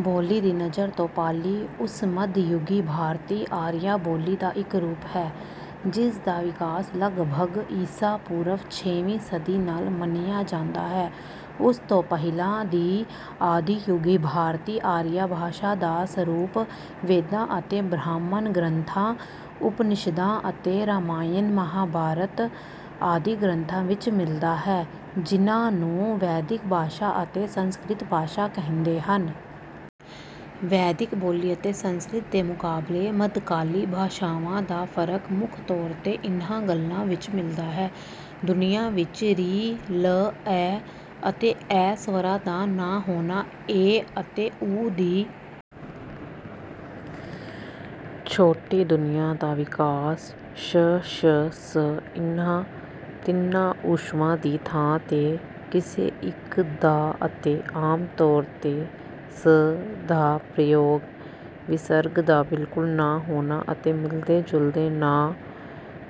ਬੋਲੀ ਦੀ ਨਜ਼ਰ ਤੋਂ ਪਾਲੀ ਉਸ ਮਧਯੁਗੀ ਭਾਰਤੀ ਆਰੀਆ ਬੋਲੀ ਦਾ ਇੱਕ ਰੂਪ ਹੈ ਜਿਸਦਾ ਵਿਕਾਸ ਲੱਗਭੱਗ ਈਸਾ ਪੂਰਵ ਛੇਵੀਂ ਸਦੀ ਨਾਲ ਮੰਨਿਆ ਜਾਂਦਾ ਹੈ। ਉਸ ਤੋਂ ਪਹਿਲਾਂ ਦੀ ਆਦਿਯੁਗੀ ਭਾਰਤੀ ਆਰੀਆ ਭਾਸ਼ਾ ਦਾ ਸਰੂਪ ਵੇਦਾਂ ਅਤੇ ਬ੍ਰਾਹਮਣ ਗ੍ਰੰਥਾਂ ਉਪਨਿਸ਼ਦਾਂ ਅਤੇ ਰਾਮਾਇਣ ਮਹਾਂਭਾਰਤ ਆਦਿ ਗ੍ਰੰਥਾਂ ਵਿੱਚ ਮਿਲਦਾ ਹੈ ਜਿਨ੍ਹਾਂ ਨੂੰ ਵੈਦਿਕ ਭਾਸ਼ਾ ਅਤੇ ਸੰਸਕ੍ਰਿਤ ਭਾਸ਼ਾ ਕਹਿੰਦੇ ਹਨ। ਵੈਦਿਕ ਬੋਲੀ ਅਤੇ ਸੰਸਕ੍ਰਿਤ ਦੇ ਮੁਕਾਬਲੇ ਮੱਧਕਾਲੀ ਭਾਸ਼ਾਵਾਂ ਦਾ ਫਰਕ ਮੁੱਖ ਤੌਰ ਤੇ ਇਨ੍ਹਾਂ ਗੱਲਾਂ ਵਿੱਚ ਮਿਲਦਾ ਹੈ। ਧੁਨੀਆਂ ਵਿੱਚ ਰਿ ਲ ਐ ਅਤੇ ਐ ਸਵਰਾਂ ਦਾ ਨਾ ਹੋਣਾ ਏ ਅਤੇ ਓ ਦੀ ਛੋਟੀ ਧੁਨੀਆਂ ਦਾ ਵਿਕਾਸ ਸ਼ ਸ਼ ਸ ਇਨ੍ਹਾਂ ਤਿੰਨਾਂ ਊਸ਼ਮਾਂ ਦੀ ਥਾਂ ਤੇ ਕਿਸੇ ਇੱਕ ਦਾ ਅਤੇ ਆਮ ਤੌਰ ਤੇ ਸ ਦਾ ਪ੍ਰਯੋਗ ਵਿਸਰਗ ਦਾ ਬਿਲਕੁਲ ਨਾ ਹੋਣਾ ਅਤੇ ਮਿਲਦੇ ਜੁਲਦੇ ਨਾ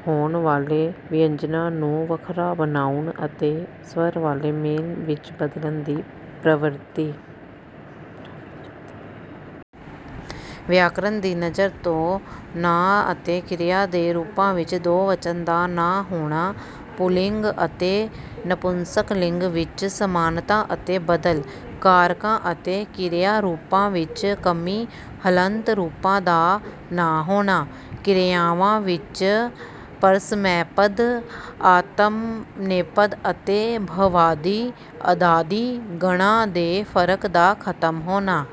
ਹੋਣ ਵਾਲੇ ਵਿਅੰਜਨਾਂ ਨੂੰ ਵੱਖਰਾ ਬਣਾਉਣ ਅਤੇ ਸਵਰ ਵਾਲੇ ਮੇਲ ਵਿੱਚ ਬਦਲਣ ਦੀ ਪ੍ਰਵਿਰਤੀ। ਵਿਆਕਰਨ ਦੀ ਨਜ਼ਰ ਤੋਂ ਨਾਂ ਅਤੇ ਕਿਰਿਆ ਦੇ ਰੂਪਾਂ ਵਿੱਚ ਦੋਵਚਨ ਦਾ ਨਾ ਹੋਣਾ ਪੁਲਿੰਗ ਅਤੇ ਨਪੁੰਸਕਲਿੰਗ ਵਿੱਚ ਸਮਾਨਤਾ ਅਤੇ ਬਦਲ। ਕਾਰਕਾਂ ਅਤੇ ਕਿਰਿਆਰੂਪਾਂ ਵਿੱਚ ਕਮੀ ਹਲੰਤ ਰੂਪਾਂ ਦਾ ਨਾ ਹੋਣਾ। ਕਿਰਿਆਵਾਂ ਵਿੱਚ ਪਰਸਮੈਪਦ ਆਤਮਨੇਪਦ ਅਤੇ ਭਵਾਦਿ ਅਦਾਦਿ ਗਣਾਂ ਦੇ ਫਰਕ ਦਾ ਖਤਮ ਹੋਣਾ।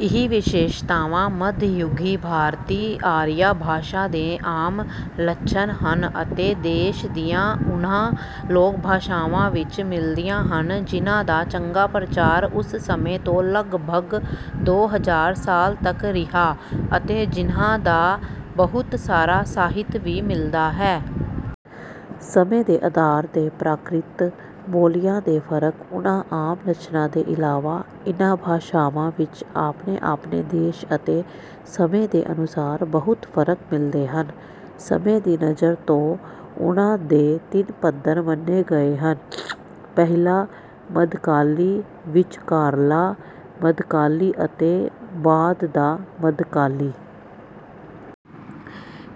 ਇਹ ਵਿਸ਼ੇਸ਼ਤਾਵਾਂ ਮਧਯੁਗੀ ਭਾਰਤੀ ਆਰੀਆ ਭਾਸ਼ਾ ਦੇ ਆਮ ਲੱਛਣ ਹਨ ਅਤੇ ਦੇਸ਼ ਦੀਆਂ ਉਨ੍ਹਾਂ ਲੋਕਭਾਸ਼ਾਵਾਂ ਵਿੱਚ ਮਿਲਦੀਆਂ ਹਨ ਜਿਨ੍ਹਾਂ ਦਾ ਚੰਗਾ ਪ੍ਰਚਾਰ ਉਸ ਸਮੇਂ ਤੋਂ ਲਗਭੱਗ ਦੋ ਹਜ਼ਾਰ ਸਾਲ ਤੱਕ ਰਿਹਾ ਅਤੇ ਜਿਨ੍ਹਾਂ ਦਾ ਬਹੁਤ ਸਾਰਾ ਸਾਹਿਤ ਵੀ ਮਿਲਦਾ ਹੈ। ਸਮੇਂ ਦੇ ਆਧਾਰ ਤੇ ਪ੍ਰਾਕ੍ਰਿਤ ਬੋਲੀਆਂ ਦੇ ਫਰਕ ਉਨ੍ਹਾਂ ਆਮ ਲੱਛਣਾਂ ਦੇ ਇਲਾਵਾ ਇਨ੍ਹਾਂ ਭਾਸ਼ਾਵਾਂ ਵਿੱਚ ਆਪਣੇ ਆਪਣੇ ਦੇਸ਼ ਅਤੇ ਸਮੇਂ ਦੇ ਅਨੁਸਾਰ ਬਹੁਤ ਫਰਕ ਮਿਲਦੇ ਹਨ। ਸਮੇਂ ਦੀ ਨਜ਼ਰ ਤੋਂ ਉਨ੍ਹਾਂ ਦੇ ਤਿੰਨ ਪੱਧਰ ਮੰਨੇ ਗਏ ਹਨ ਪਹਿਲਾ ਮੱਧਕਾਲੀ ਵਿਚਕਾਰਲਾ ਮੱਧਕਾਲੀ ਅਤੇ ਬਾਅਦ ਦਾ ਮੱਧਕਾਲੀ।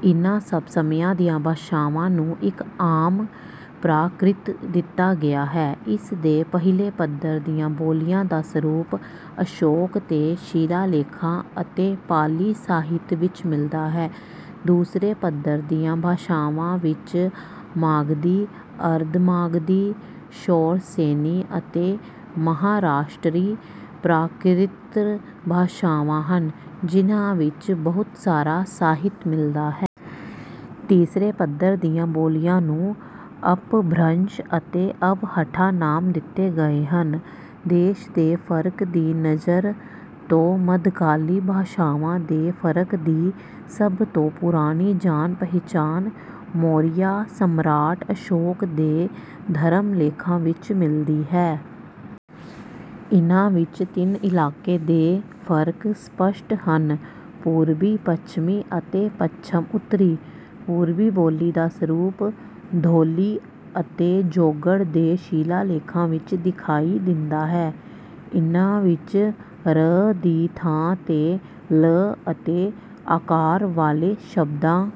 ਇਨ੍ਹਾਂ ਸਭ ਸਮਿਆਂ ਦੀਆਂ ਭਾਸ਼ਾਵਾਂ ਨੂੰ ਇੱਕ ਆਮ ਨਾਮ ਪ੍ਰਾਕ੍ਰਿਤ ਦਿੱਤਾ ਗਿਆ ਹੈ। ਇਸ ਦੇ ਪਹਿਲੇ ਪੱਧਰ ਦੀਆਂ ਬੋਲੀਆਂ ਦਾ ਸਰੂਪ ਅਸ਼ੋਕ ਦੇ ਸ਼ਿਲਾਲੇਖਾਂ ਅਤੇ ਪਾਲੀ ਸਾਹਿਤ ਵਿੱਚ ਮਿਲਦਾ ਹੈ। ਦੂਸਰੇ ਪੱਧਰ ਦੀਆਂ ਭਾਸ਼ਾਵਾਂ ਵਿੱਚ ਮਾਗਧੀ ਅਰਧਮਾਗਧੀ ਸ਼ੌਰਸੇਨੀ ਅਤੇ ਮਹਾਰਾਸ਼ਟਰੀ ਪ੍ਰਾਕ੍ਰਿਤ ਭਾਸ਼ਾਵਾਂ ਹਨ ਜਿਨ੍ਹਾਂ ਵਿੱਚ ਬਹੁਤ ਸਾਰਾ ਸਾਹਿਤ ਮਿਲਦਾ ਹੈ। ਤੀਸਰੇ ਪੱਧਰ ਦੀਆਂ ਬੋਲੀਆਂ ਨੂੰ ਅਪਭਰੰਸ਼ ਅਤੇ ਅਵਹੱਠਾ ਨਾਮ ਦਿੱਤੇ ਗਏ ਹਨ। ਦੇਸ਼ ਦੇ ਫਰਕ ਦੀ ਨਜ਼ਰ ਤੋਂ ਮੱਧਕਾਲੀ ਭਾਸ਼ਾਵਾਂ ਦੇ ਫਰਕ ਦੀ ਸਭ ਤੋਂ ਪੁਰਾਣੀ ਜਾਣ ਪਹਿਚਾਣ ਮੌਰਿਆ ਸਮਰਾਟ ਅਸ਼ੋਕ ਦੇ ਧਰਮ ਲੇਖਾਂ ਵਿੱਚ ਮਿਲਦੀ ਹੈ। ਇਨ੍ਹਾਂ ਵਿੱਚ ਤਿੰਨ ਇਲਾਕੇ ਦੇ ਫਰਕ ਸਪੱਸ਼ਟ ਹਨ ਪੂਰਬੀ ਪੱਛਮੀ ਅਤੇ ਪੱਛਮ ਉੱਤਰੀ। ਪੂਰਬੀ ਬੋਲੀ ਦਾ ਸਰੂਪ ਧੋਲੀ ਅਤੇ ਜੌਗੜ ਦੇ ਸ਼ਿਲਾਲੇਖਾਂ ਵਿੱਚ ਦਿਖਾਈ ਦਿੰਦਾ ਹੈ। ਇਨ੍ਹਾਂ ਵਿੱਚ ਰ ਦੀ ਥਾਂ ਤੇ ਲ ਅਤੇ ਆਕਾਰ ਵਾਲੇ ਸ਼ਬਦਾਂ